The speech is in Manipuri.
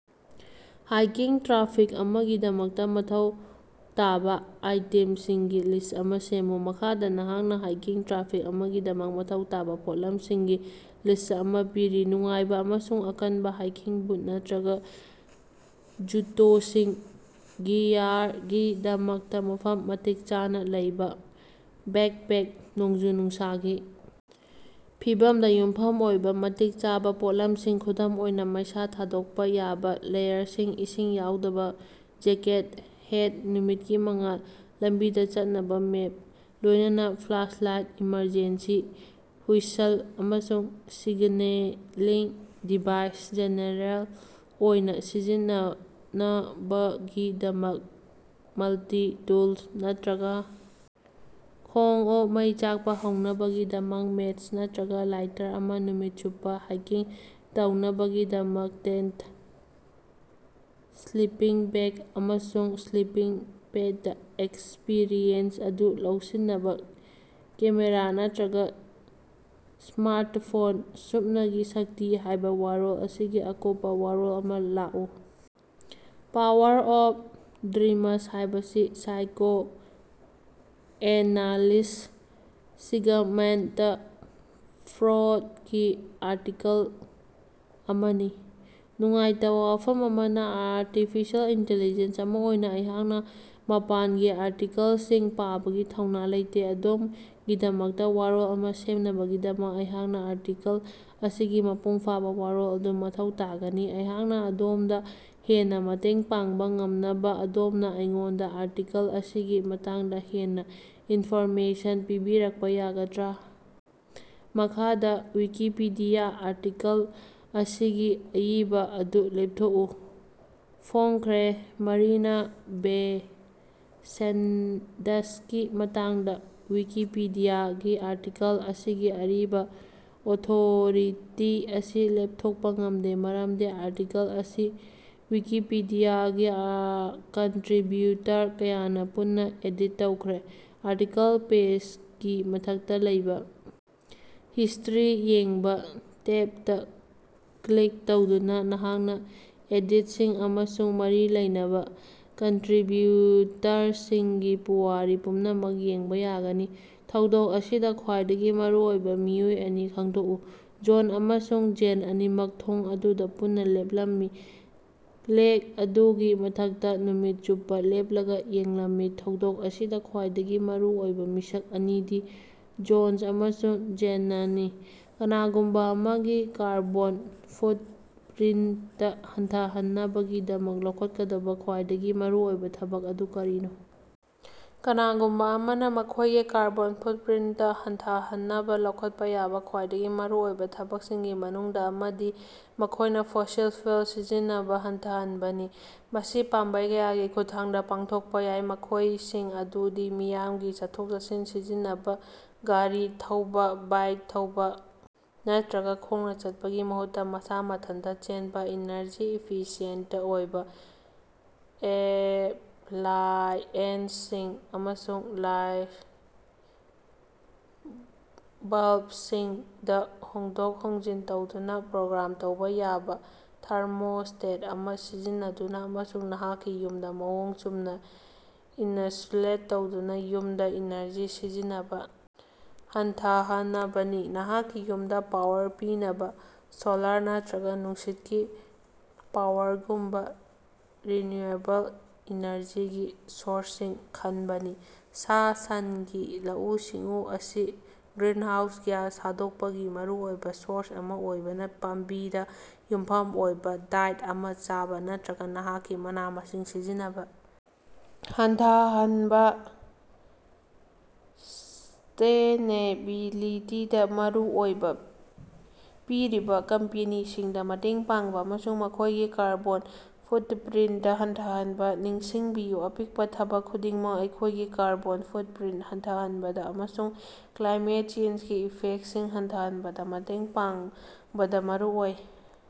ꯍꯥꯏꯀꯤꯡ ꯇ꯭ꯔꯥꯐꯤꯛ ꯑꯃꯒꯤꯗꯃꯛꯇ ꯃꯊꯧ ꯇꯥꯕ ꯑꯥꯏꯇꯦꯝꯁꯤꯡꯒꯤ ꯂꯤꯁ꯭ꯠ ꯑꯃ ꯁꯦꯝꯃꯨ꯫ ꯃꯈꯥꯗ ꯅꯍꯥꯛꯅ ꯍꯥꯏꯀꯤꯡ ꯇ꯭ꯔꯥꯐꯤꯛ ꯑꯃꯒꯤꯗꯃꯛ ꯃꯊꯧ ꯇꯥꯕ ꯄꯣꯠꯂꯝꯁꯤꯡꯒꯤ ꯂꯤꯁ꯭ꯠ ꯑꯃ ꯄꯤꯔꯤ꯫ꯅꯨꯡꯉꯥꯏꯕ ꯑꯃꯁꯨꯡ ꯑꯀꯟꯕ ꯍꯥꯏꯀꯤꯡ ꯕꯨꯠ ꯅꯠꯇꯔꯒ ꯖꯨꯇꯣꯁꯤꯡ ꯒꯤꯌꯥꯔꯒꯤꯗꯃꯛꯇ ꯃꯐꯝ ꯃꯇꯤꯛ ꯆꯥꯅ ꯂꯩꯕ ꯕꯦꯛꯄꯦꯛ ꯅꯣꯡꯖꯨ-ꯅꯨꯡꯁꯥꯒꯤ ꯐꯤꯚꯝꯗ ꯌꯨꯝꯐꯝ ꯑꯣꯏꯕ ꯃꯇꯤꯛ ꯆꯥꯕ ꯄꯣꯠꯂꯝꯁꯤꯡ ꯈꯨꯗꯝ ꯑꯣꯏꯅ ꯃꯩꯁꯥ ꯊꯥꯗꯣꯛꯄ ꯌꯥꯕ ꯂꯦꯌꯔꯁꯤꯡ, ꯏꯁꯤꯡ ꯌꯥꯎꯗꯕ ꯖꯦꯀꯦꯠ, ꯍꯦꯠ, ꯅꯨꯃꯤꯠꯀꯤ ꯃꯉꯥꯜ ꯂꯝꯕꯤꯗ ꯆꯠꯅꯕ ꯃꯦꯞ ꯂꯣꯏꯅꯅ ꯐ꯭ꯂꯥꯁꯂꯥꯏꯠ ꯏꯃꯔꯖꯦꯟꯁꯤ ꯍꯨꯏꯁꯜ ꯑꯃꯁꯨꯡ ꯁꯤꯒꯅꯦꯂꯤꯡ ꯗꯤꯚꯥꯏꯁ ꯖꯦꯅꯦꯔꯦꯜ ꯑꯣꯏꯅ ꯁꯤꯖꯤꯟꯅꯅꯕꯒꯤꯗꯃꯛ ꯃꯜꯇꯤ-ꯇꯨꯜ ꯅꯠꯇꯔꯒ ꯈꯣꯡꯎꯞ ꯃꯩ ꯆꯥꯛꯄ ꯍꯧꯅꯕꯒꯤꯗꯃꯛ ꯃꯦꯆ ꯅꯠꯇꯔꯒ ꯂꯥꯏꯇꯔ ꯑꯃ ꯅꯨꯃꯤꯠ ꯆꯨꯞꯄ ꯍꯥꯏꯀꯤꯡ ꯇꯧꯅꯕꯒꯤꯗꯃꯛ ꯇꯦꯟꯇ, ꯁ꯭ꯂꯤꯄꯤꯡ ꯕꯦꯒ ꯑꯃꯁꯨꯡ ꯁ꯭ꯂꯤꯄꯤꯡ ꯄꯦꯗ ꯑꯦꯛꯁꯄꯤꯔꯤꯑꯦꯟꯁ ꯑꯗꯨ ꯂꯧꯁꯤꯟꯅꯕ ꯀꯦꯃꯦꯔ ꯅꯠꯇꯔꯒ ꯁ꯭ꯃꯥꯔꯇꯐꯣꯟ꯫ ꯁꯨꯞꯅꯒꯤ ꯁꯛꯇꯤ ꯍꯥꯏꯕ ꯋꯥꯔꯣꯜ ꯑꯁꯤꯒꯤ ꯑꯀꯨꯞꯄ ꯋꯥꯔꯣꯜ ꯑꯃ ꯂꯥꯛꯎ꯫ ꯄꯥꯋꯔ ꯑꯣꯐ ꯗ꯭ꯔꯤꯃꯁ ꯍꯥꯏꯕꯁꯤ ꯁꯥꯏꯀꯣꯑꯦꯅꯂꯤꯁ꯭ꯠ, ꯁꯤꯒꯃꯟꯗ ꯐ꯭ꯔꯣꯗꯀꯤ ꯑꯥꯔꯇꯤꯀꯜ ꯑꯃꯅꯤ꯫ ꯅꯨꯡꯉꯥꯏꯇꯕꯥ ꯋꯥꯐꯝ ꯑꯃꯅ ꯑꯔꯇꯤꯐꯤꯁꯦꯜ ꯏꯟꯇꯤꯂꯤꯖꯦꯟ ꯑꯃ ꯑꯣꯏꯅ ꯑꯩꯍꯥꯛꯅ ꯃꯄꯥꯟꯒꯤ ꯑꯥꯔꯇꯤꯀꯜꯁꯤꯡ ꯄꯥꯕꯒꯤ ꯊꯧꯅ ꯂꯩꯇꯦ꯫ ꯑꯗꯣꯝꯒꯤꯗꯃꯛꯇ ꯋꯥꯔꯣꯜ ꯑꯃ ꯁꯦꯝꯅꯕꯒꯤꯗꯃꯛ ꯑꯩꯍꯥꯛꯅ ꯑꯥꯔꯇꯤꯀꯜ ꯑꯁꯤꯒꯤ ꯃꯄꯨꯡ ꯐꯥꯕ ꯋꯥꯔꯣꯜ ꯑꯗꯨ ꯃꯊꯧ ꯇꯥꯒꯅꯤ꯫ ꯑꯩꯍꯥꯛꯅ ꯑꯗꯣꯝꯗ ꯍꯦꯟꯅ ꯃꯇꯦꯡ ꯄꯥꯡꯕ ꯉꯝꯅꯕꯥ ꯑꯗꯣꯝꯅ ꯑꯩꯉꯣꯟꯗ ꯑꯥꯔꯇꯤꯀꯜ ꯑꯁꯤꯒꯤ ꯃꯇꯥꯡꯗ ꯍꯦꯟꯅ ꯏꯟꯐꯣꯔꯃꯦꯁꯟ ꯄꯤꯕꯤꯔꯛꯄ ꯌꯥꯒꯗ꯭ꯔꯥ? ꯃꯈꯥꯒꯤ ꯋꯤꯀꯤꯄꯤꯗꯤꯌꯥ ꯑꯥꯔꯇꯤꯀꯜ ꯑꯁꯤꯒꯤ ꯑꯏꯕ ꯑꯗꯨ ꯂꯦꯞꯊꯣꯛꯎ꯫ ꯐꯣꯡꯈ꯭ꯔꯦ ꯃꯔꯤꯅꯥ ꯕꯦ ꯁꯦꯟꯗꯁꯀꯤ ꯃꯇꯥꯡꯗ ꯋꯤꯀꯤꯄꯤꯗꯤꯌꯥꯒꯤ ꯑꯥꯔꯇꯤꯀꯜ ꯑꯁꯤꯒꯤ ꯑꯔꯤꯕ ꯑꯣꯊꯣꯔꯤꯇꯤ ꯑꯁꯤ ꯂꯦꯞꯊꯣꯛꯄ ꯉꯝꯗꯦ, ꯃꯔꯝꯗꯤ ꯑꯥꯔꯇꯤꯀꯜ ꯑꯁꯤ ꯋꯤꯀꯤꯄꯤꯗꯤꯌꯥꯒꯤ ꯀꯟꯇꯔꯤꯕ꯭ꯌꯨꯇꯔ ꯀꯌꯥꯅꯥ ꯄꯨꯟꯅꯥ ꯑꯦꯗꯤꯠ ꯇꯧꯈ꯭ꯔꯦ꯫ ꯑꯥꯔꯇꯤꯀꯜ ꯄꯦꯖꯒꯤ ꯃꯊꯛꯇꯥ ꯂꯩꯕꯥ "ꯍꯤꯁ꯭ꯇꯔꯤ ꯌꯦꯡꯕꯥ" ꯇꯦꯕꯇꯥ ꯀ꯭ꯂꯤꯛ ꯇꯧꯗꯨꯅ ꯅꯍꯥꯛꯅ ꯑꯦꯗꯤꯠꯁꯤꯡ ꯑꯃꯁꯨꯡ ꯃꯔꯤ ꯂꯩꯅꯕ ꯀꯟꯇꯔꯤꯕ꯭ꯌꯨꯇꯔꯁꯤꯡꯒꯤ ꯄꯨꯋꯥꯔꯤ ꯄꯨꯝꯅꯃꯛ ꯌꯦꯡꯕꯥ ꯌꯥꯒꯅꯤ꯫ ꯊꯧꯗꯣꯛ ꯑꯁꯤꯗ ꯈ꯭ꯋꯥꯏꯗꯒꯤ ꯃꯔꯨꯑꯣꯏꯕ ꯃꯤꯑꯣꯏ ꯑꯅꯤ ꯈꯪꯗꯣꯛꯎ꯫ ꯖꯣꯟ ꯑꯃꯁꯨꯡ ꯖꯦꯟ ꯑꯅꯤꯃꯛ ꯊꯣꯡ ꯑꯗꯨꯗ ꯄꯨꯟꯅ ꯂꯦꯞꯂꯝꯃꯤ, ꯂꯦꯛ ꯑꯗꯨꯒꯤ ꯃꯊꯛꯇ ꯅꯨꯃꯤꯠ ꯆꯨꯞꯄ ꯂꯦꯞꯂꯒ ꯌꯦꯡꯂꯝꯃꯤ꯫ ꯊꯧꯗꯣꯛ ꯑꯁꯤꯗ ꯈ꯭ꯋꯥꯏꯗꯒꯤ ꯃꯔꯨ ꯑꯣꯏꯕ ꯃꯤꯁꯛ ꯑꯅꯤꯗꯤ ꯖꯣꯟꯁ ꯑꯃꯁꯨꯡ ꯖꯦꯅꯅꯤ꯫ ꯀꯅꯥꯒꯨꯝꯕ ꯑꯃꯒꯤ ꯀꯥꯔꯕꯣꯟ ꯐꯨꯠꯞꯔꯤꯟꯇ ꯍꯟꯊꯍꯟꯅꯕꯒꯤꯗꯃꯛ ꯂꯧꯈꯠꯀꯗꯕ ꯈ꯭ꯌꯥꯏꯗꯒꯤ ꯃꯔꯨꯑꯣꯏꯕ ꯊꯕꯛ ꯑꯗꯨ ꯀꯔꯤꯅꯣ? ꯀꯅꯥꯒꯨꯝꯕ ꯑꯃꯅ ꯃꯈꯣꯏꯒꯤ ꯀꯥꯔꯕꯣꯟ ꯐꯨꯠꯞꯔꯤꯟꯇ ꯍꯟꯊꯍꯟꯅꯕ ꯂꯧꯈꯠꯄ ꯌꯥꯕ ꯈ꯭ꯋꯥꯏꯗꯒꯤ ꯃꯔꯨꯑꯣꯏꯕ ꯊꯕꯛꯁꯤꯡꯒꯤ ꯃꯅꯨꯡꯗ ꯑꯃꯗꯤ ꯃꯈꯣꯏꯅ ꯐꯣꯁꯤꯜ ꯐ꯭ꯌꯨꯑꯦꯜ ꯁꯤꯖꯤꯟꯅꯕ ꯍꯟꯊꯍꯟꯕꯅꯤ꯫ ꯃꯁꯤ ꯄꯥꯝꯕꯩ ꯀꯌꯥꯒꯤ ꯈꯨꯠꯊꯥꯡꯗ ꯄꯥꯡꯊꯣꯛꯄ ꯌꯥꯏ, ꯃꯈꯣꯏꯁꯤꯡ ꯑꯗꯨꯗꯤ: ꯃꯤꯌꯥꯝꯒꯤ ꯆꯠꯊꯣꯛ-ꯆꯠꯁꯤꯟ ꯁꯤꯖꯤꯟꯅꯕꯥ, ꯒꯥꯔꯤ ꯊꯧꯕ, ꯕꯥꯏꯛ ꯊꯧꯕ, ꯅꯠꯇꯔꯒ ꯈꯣꯡꯅ ꯆꯠꯄꯒꯤ ꯃꯍꯨꯠꯇ ꯃꯁꯥ ꯃꯊꯟꯇ ꯆꯦꯟꯕꯥ꯫ ꯏꯅꯔꯖꯤ ꯏꯐꯤꯁꯤꯌꯦꯟꯇ ꯑꯣꯏꯕ ꯑꯦꯞꯂꯥꯏꯑꯦꯟꯁꯁꯤꯡ ꯑꯃꯁꯨꯡ ꯂꯥꯏꯠ ꯕꯜꯕꯁꯤꯡꯗ ꯍꯣꯡꯗꯣꯛ ꯍꯣꯡꯖꯤꯟ ꯇꯧꯗꯨꯅ ꯄ꯭ꯔꯣꯒ꯭ꯔꯥꯝ ꯇꯧꯕ ꯌꯥꯕ ꯊꯥꯔꯃꯣꯁ꯭ꯇꯦꯠ ꯑꯃ ꯁꯤꯖꯤꯟꯅꯗꯨꯅ ꯑꯃꯁꯨꯡ ꯅꯍꯥꯛꯀꯤ ꯌꯨꯝꯗ ꯃꯑꯣꯡ ꯆꯨꯝꯅ ꯏꯅꯁꯨꯂꯦꯠ ꯇꯧꯗꯨꯅ ꯌꯨꯝꯗ ꯏꯅꯔꯖꯤ ꯁꯤꯖꯤꯟꯅꯕ ꯍꯟꯊꯍꯅꯕꯅꯤ꯫ ꯅꯍꯥꯛꯀꯤ ꯌꯨꯝꯗ ꯄꯥꯋꯔ ꯄꯤꯅꯕ ꯁꯣꯂꯥꯔ ꯅꯠꯇꯔꯒ ꯅꯨꯡꯁꯤꯠꯀꯤ ꯄꯥꯋꯔꯒꯨꯝꯕ ꯔꯤꯟꯌꯨꯑꯦꯕꯜ ꯏꯅꯔꯖꯤꯒꯤ ꯁꯣꯔꯁꯁꯤꯡ ꯈꯟꯕꯅꯤ꯫ ꯁꯥ-ꯁꯟꯒꯤ ꯂꯧꯎ-ꯁꯤꯡꯎ ꯑꯁꯤ ꯒ꯭ꯔꯤꯅꯍꯥꯎꯁ ꯒ꯭ꯌꯥꯁ ꯊꯥꯗꯣꯛꯄꯒꯤ ꯃꯔꯨꯑꯣꯏꯕ ꯁꯣꯔꯁ ꯑꯃ ꯑꯣꯏꯕꯅ ꯄꯥꯝꯕꯤꯗ ꯌꯨꯝꯐꯝ ꯑꯣꯏꯕ ꯗꯥꯏꯠ ꯑꯃ ꯆꯥꯕ ꯅꯠꯇꯔꯒ ꯅꯍꯥꯛꯀꯤ ꯃꯅꯥ-ꯃꯁꯤꯡ ꯁꯤꯖꯤꯟꯅꯕ ꯍꯟꯊꯍꯟꯕꯥ꯫ ꯁꯁ꯭ꯇꯦꯅꯦꯕꯤꯂꯤꯇꯤꯗꯥ ꯃꯔꯨ ꯑꯣꯏꯕ ꯄꯤꯔꯤꯕ ꯀꯝꯄꯦꯅꯤꯁꯤꯡꯗ ꯃꯇꯦꯡ ꯄꯥꯡꯕ ꯑꯃꯁꯨꯡ ꯃꯈꯣꯏꯒꯤ ꯀꯥꯔꯕꯣꯟ ꯐꯨꯠꯄꯔꯤꯟꯇ ꯍꯟꯊꯍꯟꯕ꯫ ꯅꯤꯡꯁꯤꯡꯕꯤꯌꯨ ꯑꯄꯤꯛꯄ ꯊꯕꯛ ꯈꯨꯗꯤꯡꯃꯛ ꯑꯩꯈꯣꯏꯒꯤ ꯀꯥꯔꯕꯣꯟ ꯐꯨꯠꯄꯔꯤꯟꯇ ꯍꯟꯊꯍꯟꯕꯗ ꯑꯃꯁꯨꯡ ꯀ꯭ꯂꯥꯏꯃꯦꯠ ꯆꯦꯟꯖꯒꯤ ꯏꯐꯦꯛꯇꯁꯤꯡ ꯍꯟꯊꯍꯟꯕꯗ ꯃꯇꯦꯡ ꯄꯥꯡꯕꯗ ꯃꯔꯨ ꯑꯣꯏ꯫